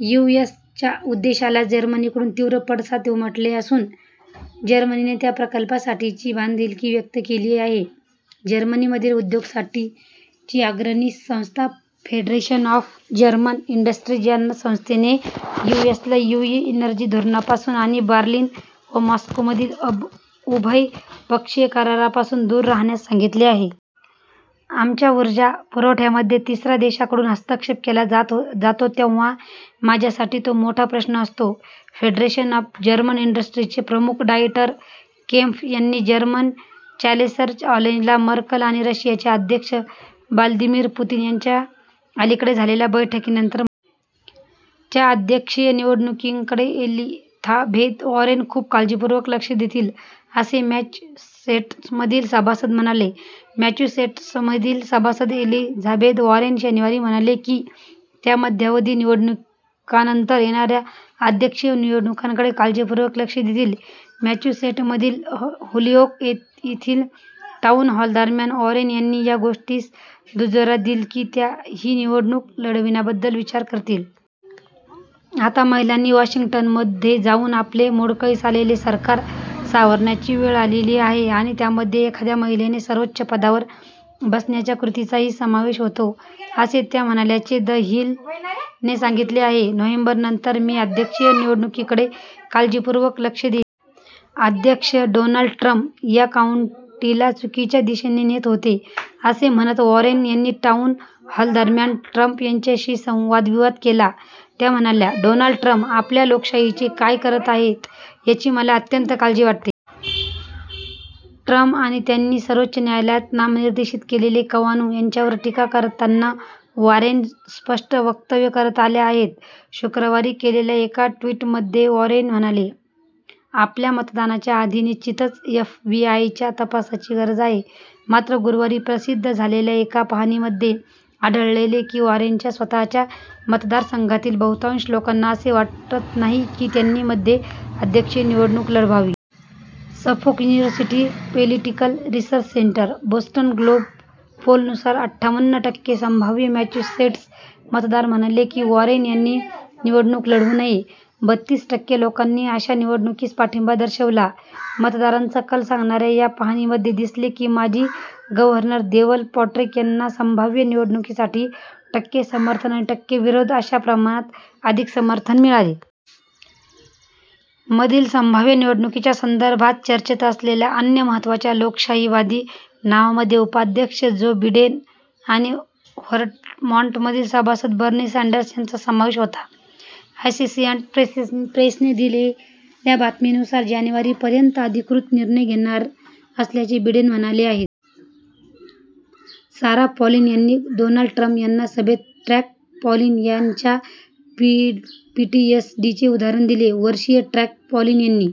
यूएसच्या उद्देशाला जर्मनीकडून तीव्र पडसाद उमटले असून जर्मनीने त्या प्रकल्पासाठीची बांधीलकी व्यक्त केली आहे. जर्मनीमधील उद्योगक्षेत्रासाठीची अग्रणी संस्था फेडरेशन ऑफ जर्मन इंडस्ट्रीज या संस्थेने यूएसला ईयू एनर्जी धोरणापासून आणि बर्लिन व मॉस्कोमधील उभय पक्षीय करारापासून दूर राहण्यास सांगितले आहे. "आमच्या उर्जा पुरवठ्यामध्ये तिसऱ्या देशाकडून हस्तक्षेप केला जातो तेव्हा माझ्यासाठी तो मोठा प्रश्न असतो," फेडरेशन ऑफ जर्मन इंडस्ट्रीजचे प्रमुख डाएटर केम्फ यांनी जर्मन चॅन्सेलर अँन्जेला मर्कल आणि रशियाचे अध्यक्ष ब्लादिमीर पुतिन यांच्या अलीकडे झालेल्या बैठकीनंतर म्हटले. च्या अध्यक्षीय निवडणुकांकडे एलिथाबेथ वॉरेन "खूप काळजीपूर्वक लक्ष" देतील, असे मॅसॅच्युसेट्समधील सभासद म्हणाले. मॅसॅच्युसेट्समधील सभासद एलिझाबेथ वॉरेन शनिवारी म्हणाल्या की त्या मध्यावधी निवडणुकांनंतर येणाऱ्या अध्यक्षीय निवडणुकांकडे "काळजीपूर्वक लक्ष" देतील. मॅसॅच्युसेट्समधील होलीओक येथील टाउन हॉलदरम्यान वॉरेन यांनी या गोष्टीस दुजोरा दिला की त्या ही निवडणूक लढविण्याबद्दल विचार करतील. "आता महिलांनी वॉशिंग्टनमध्ये जाऊन आपले मोडकळीस आलेले सरकार सावरण्याची वेळ आलेली आहे आणि त्यामध्ये एखाद्या महिलेने सर्वोच्च पदावर बसण्याच्या कृतीचाही समावेशी होतो," असे त्या म्हणाल्याचे द हिल ने सांगितले आहे. " नोव्हेंबरनंतर, मी अध्यक्षीय निवडणुकीकडे काळजीपूर्वक लक्ष देईन. " अध्यक्ष डोनाल्ड ट्रम्प "या काउंटीला चुकीच्या दिशेने नेत होते" असे म्हणत वॉरेन यांनी टाउन हॉलदरम्यान ट्रम्प यांच्याशी वादविवाद केला. त्या म्हणाल्या, "डोनाल्ड ट्रम्प आपल्या लोकशाहीचे काय करत आहेत याची मला अत्यंत काळजी वाटते. " ट्रम्प आणि त्यांनी सर्वोच्च न्यायालयात नामनिर्देशित केलेले कवानु यांच्यावर टीका करताना वॉरेन स्पष्ट वक्तव्य करत आल्या आहेत. शुक्रवारी केलेल्या एका ट्विटमध्ये, वॉरेन म्हणाल्या, "आपल्याला मतदानाच्या आधी निश्चितच एफबीआय़च्या तपासाची गरज आहे. " मात्र, गुरुवारी प्रसिद्ध झालेल्या एका पाहणीमध्ये आढळले की वॉरेनच्या स्वतःच्या मतदारसंघातील बहुतांश लोकांना असे वाटत नाही की त्यांनी मध्ये अध्यक्षीय निवडणुक लढवावी. Suffolk University Political Research Center Boston Globe poll नुसार अठ्ठावन्न टक्के "संभाव्य" मॅसॅच्युसेट्स मतदार म्हणाले की वॉरेन यांनी निवडणूक लढवू नये. बत्तीस टक्के लोकांनी अशा निवडणुकीस पाठिंबा दर्शवला. मतदारांचा कल सांगणाऱ्या या पाहणीमध्ये दिसले की माजी गव्हर्नर देवल पॅट्रिक यांना संभाव्य निवडणुकीसाठी टक्के समर्थन आणि टक्के विरोध अशा प्रमाणात अधिक समर्थन मिळाले. मधील संभाव्य निवडणुकांच्या संदर्भात चर्चेत असलेल्या अन्य महत्त्वाच्या लोकशाहीवादी नावांमध्ये उपाध्यक्ष जो बिडेन आणि व्हरमॉन्टमधील सभासद बर्नी सॅंडर्स यांचा समावेश होता. असोसिएट प्रेसने दिलेल्या बातमीनुसार जानेवारीपर्यंत अधिकृत निर्णय घेणार असल्याचे बिडेन म्हणाले आहेत. सारा पॅलिन यांनी डोनाल्ड ट्रम्प यांच्या सभेत ट्रॅक पॅलिन यांच्या पीटीएसडीचे उदाहरण दिले. वर्षीय ट्रॅक पॅलिन यांनी